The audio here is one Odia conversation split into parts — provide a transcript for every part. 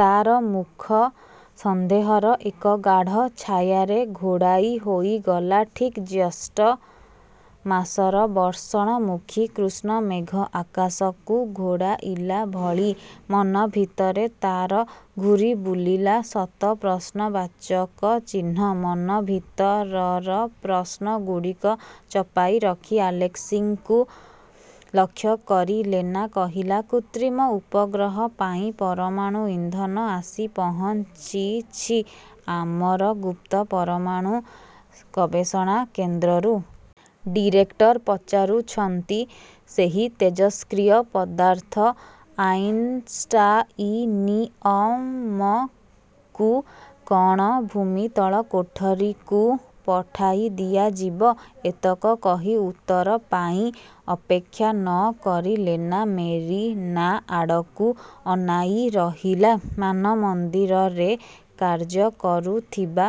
ତା'ର ମୁଖ ସନ୍ଦେହର ଏକ ଗାଢ଼ ଛାୟାରେ ଘୋଡ଼ାଇ ହୋଇଗଲା ଠିକ୍ ଜ୍ୟୋଷ୍ଠ ମାସର ବର୍ଷଣମୁଖୀ କୃଷ୍ଣମେଘ ଆକାଶକୁ ଘୋଡ଼ାଇଲା ଭଳି। ମନ ଭିତରେ ତା'ର ଘୂରିବୁଲିଲା ଶତ ପ୍ରଶ୍ନବାଚକ ଚିହ୍ନ। ମନ ଭିତରର ପ୍ରଶ୍ନଗୁଡ଼ିକ ଚପାଇ ରଖି ଆଲେସ୍କିଙ୍କୁ ଲକ୍ଷ୍ୟକରି ଲେନା କହିଲା, ''କୃତ୍ରିମ ଉପଗ୍ରହ ପାଇଁ ପରମାଣୁ ଇନ୍ଧନ ଆସି ପହଞ୍ଚିଛି ଆମର ଗୁପ୍ତ ପରମାଣୁ ଗବେଷଣା କେନ୍ଦ୍ରରୁ। ଡିରେକ୍ଟର ପଚାରୁଛନ୍ତି, ସେହି ତେଜସ୍କ୍ରିୟ ପଦାର୍ଥ ଆଇନ୍ଷ୍ଟାଇନିଅମ୍କୁ କ'ଣ ଭୂମିତଳ କୋଠରିକୁ ପଠାଇ ଦିଆଯିବ? '' ଏତକ କହି ଉତ୍ତର ପାଇଁ ଅପେକ୍ଷା ନ କରି ଲେନା ମେରିନା ଆଡ଼କୁ ଅନାଇ ରହିଲା! ମାନମନ୍ଦିରରେ କାର୍ଯ୍ୟ କରୁଥିବା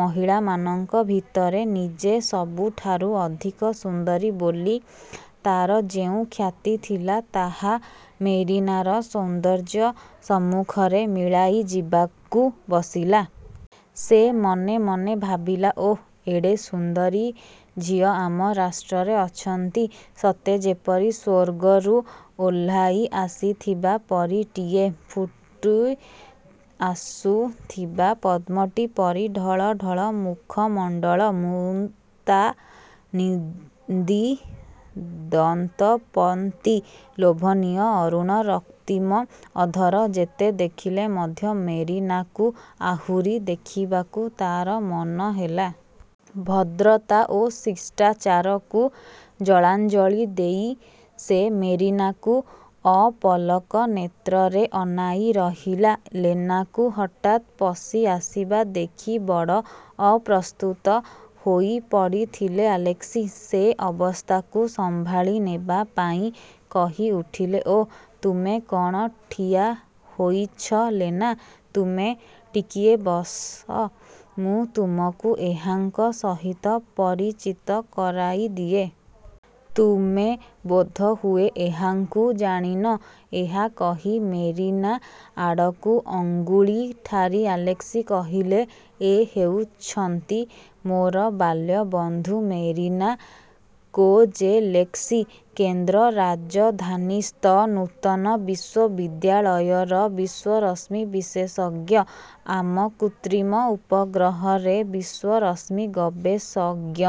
ମହିଳାମାନଙ୍କ ଭିତରେ ନିଜେ ସବୁଠାରୁ ଅଧିକ ସୁନ୍ଦରୀ ବୋଲି ତାର ଯେଉଁ ଖ୍ୟାତି ଥିଲା, ତାହା ମେରିନାର ସୌନ୍ଦର୍ଯ୍ୟ ସମ୍ମୁଖରେ ମିଳାଇଯିବାକୁ ବସିଲା। ସେ ମନେ ମନେ ଭାବିଲା, ''ଓଃ, ଏଡ଼େ ସୁନ୍ଦରୀ ଝିଅ ଆମ ରାଷ୍ଟ୍ରରେ ଅଛନ୍ତି! ସତେ ଯେପରି ସ୍ୱର୍ଗରୁ ଓହ୍ଲାଇଆସିଥିବା ପରୀଟିଏ! ଫୁଟିଆସୁଥିବା ପଦ୍ମଟି ପରି ଢଳଢଳ ମୁଖମଣ୍ଡଳ, ମୁକ୍ତାନିନ୍ଦୀ ଦନ୍ତପନ୍ତୀ, ଲୋଭନୀୟ ଅରୁଣରକ୍ତିମ ଅଧର। ଯେତେ ଦେଖିଲେ ମଧ୍ୟ ମେରିନାକୁ ଆହୁରି ଦେଖିବାକୁ ତା'ର ମନ ହେଲା। ଭଦ୍ରତା ଓ ଶିଷ୍ଟାଚାରକୁ ଜଳାଞ୍ଜଳି ଦେଇ ସେ ମେରିନାକୁ ଅପଲକ ନେତ୍ରରେ ଅନାଇ ରହିଲା। ଲେନାକୁ ହଠାତ୍ ପଶିଆସିବା ଦେଖି ବଡ଼ ଅପ୍ରସ୍ତୁତ ହୋଇପଡ଼ିଥିଲେ ଆଲେସ୍କି। ସେ ଅବସ୍ଥାକୁ ସମ୍ଭାଳି ନେବାପାଇଁ କହିଉଠିଲେ, ''ଓଃ! ତୁମେ କଣ ଠିଆ ହୋଇଛ ଲେନା! ତୁମେ ଟିକିଏ ବସ, ମୁଁ ତୁମକୁ ଏହାଙ୍କ ସହିତ ପରିଚିତ କରାଇ ଦିଏ। ତୁମେ ବୋଧହୁଏ, ଏହାଙ୍କୁ ଜାଣିନ? '' ଏହା କହି ମେରିନା ଆଡ଼କୁ ଅଙ୍ଗୁଳି ଠାରି ଆଲେସ୍କି କହିଲେ, ''ଏ ହେଉଛନ୍ତି ମୋର ବାଲ୍ୟବନ୍ଧୁ ମେରିନା କୋଜେଲେସ୍କି। କେନ୍ଦ୍ର ରାଜଧାନୀସ୍ଥ ନୂତନ ବିଶ୍ୱବିଦ୍ୟାଳୟର ବିଶ୍ୱରଶ୍ମି ବିଶେଷଜ୍ଞ। ଆମ କୃତ୍ରିମ ଉପଗ୍ରହରେ ବିଶ୍ୱରଶ୍ମି-ବିଶେଷଜ୍ଞ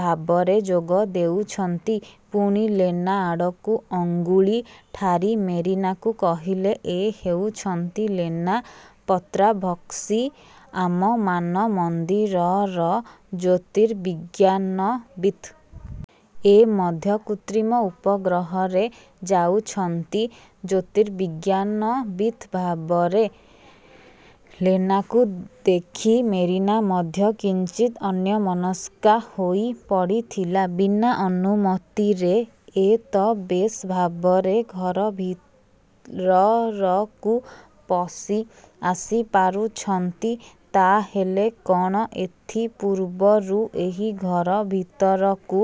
ଭାବରେ ଯୋଗ ଦେଉଛନ୍ତି-। '' ପୁଣି ଲେନା ଆଡ଼କୁ ଅଙ୍ଗୁଳି ଠାରି ମେରିନାକୁ କହିଲେ, ''ଏ ହେଉଛନ୍ତି ଲେନା ପତ୍ରାଭସ୍କି; ଆମ ମାନମନ୍ଦିରର ଜ୍ୟୋତିର୍ବିଜ୍ଞାନବିତ୍। ଏ ମଧ୍ୟ କୃତ୍ରିମ ଉପଗ୍ରହରେ ଯାଉଛନ୍ତି ଜୋତିର୍ବିଜ୍ଞାନବିତ୍ ଭାବରେ। '' ଲେନାକୁ ଦେଖି ମେରିନା ମଧ୍ୟ କିଞ୍ଚିତ୍ ଅନ୍ୟମନସ୍କା ହୋଇପଡ଼ିଥିଲା। 'ବିନା ଅନୁମତିରେ ଏ ତ ବେଶ୍ ଭାବରେ ଘର ଭିରରକୁ ପଶି ଆସିପାରୁଛନ୍ତି। ତା' ହେଲେ କ'ଣ ଏଥିପୂର୍ବରୁ ଏହି ଘର ଭିତରକୁ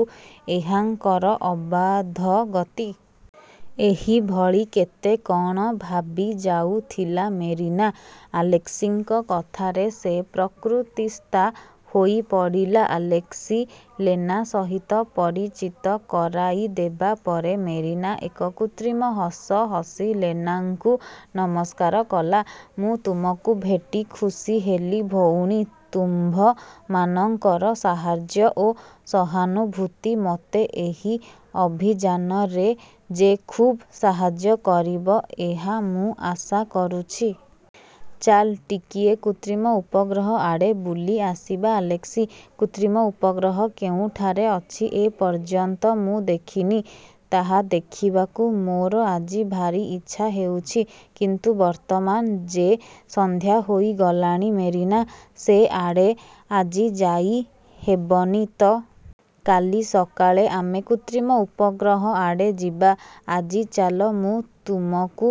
ଏହାଙ୍କର ଅବାଧ ଗତି। '-ଏହିଭଳି କେତେ କ'ଣ ଭାବିଯାଉଥିଲା ମେରିନା। ଆଲେସ୍କିଙ୍କ କଥାରେ ସେ ପ୍ରକୃତିସ୍ଥା ହୋଇପଡ଼ିଲା। ଆଲେସ୍କି ଲେନା ସହିତ ପରିଚିତ କରାଇଦେବା ପରେ ମେରିନା ଏକ କୃତ୍ରିମ ହସ ହସି ଲେନାଙ୍କୁ ନମସ୍କାର କଲା। ''ମୁଁ ତୁମକୁ ଭେଟି ଖୁସି ହେଲି ଭଉଣୀ। ତୁମ୍ଭମାନଙ୍କର ସାହାଯ୍ୟ ଓ ସହାନୁଭୂତି ମୋତେ ଏହି ଅଭିଯାନରେ ଯେ ଖୁବ୍ ସାହାଯ୍ୟ କରିବ, ଏହା ମୁଁ ଆଶା କରୁଛି। '' ''ଚାଲ, ଟିକିଏ କୃତ୍ରିମ ଉପଗ୍ରହ ଆଡ଼େ ବୁଲି ଆସିବା ଆଲେସ୍କି! କୃତ୍ରିମ ଉପଗ୍ରହ କେଉଁଠାରେ ଅଛି ଏପର୍ଯ୍ୟନ୍ତ ମୁଁ ଦେଖିନି। ତାହା ଦେଖିବାକୁ ମୋର ଆଜି ଭାରି ଇଚ୍ଛା ହେଉଛି। '' ''କିନ୍ତୁ ବର୍ତ୍ତମାନ ଯେ ସନ୍ଧ୍ୟା ହୋଇଗଲାଣି ମେରିନା! ସେ ଆଡ଼େ ଆଜି ଯାଇହେବନି ତ। କାଲି ସକାଳେ ଆମେ କୃତ୍ରିମ ଉପଗ୍ରହ ଆଡ଼େ ଯିବା। ଆଜି ଚାଲ, ମୁଁ ତୁମକୁ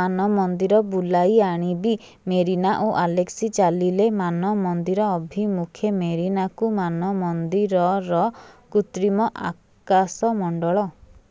ମାନମନ୍ଦିର ବୁଲାଇ ଆଣିବି। '' ମେରିନା ଓ ଆଲେସ୍କି ଚାଲିଲେ ମାନମନ୍ଦିର ଅଭିମୁଖେ ମେରିନାକୁ ମାନମନ୍ଦିରର କୃତ୍ରିମ ଆକାଶମଣ୍ଡଳ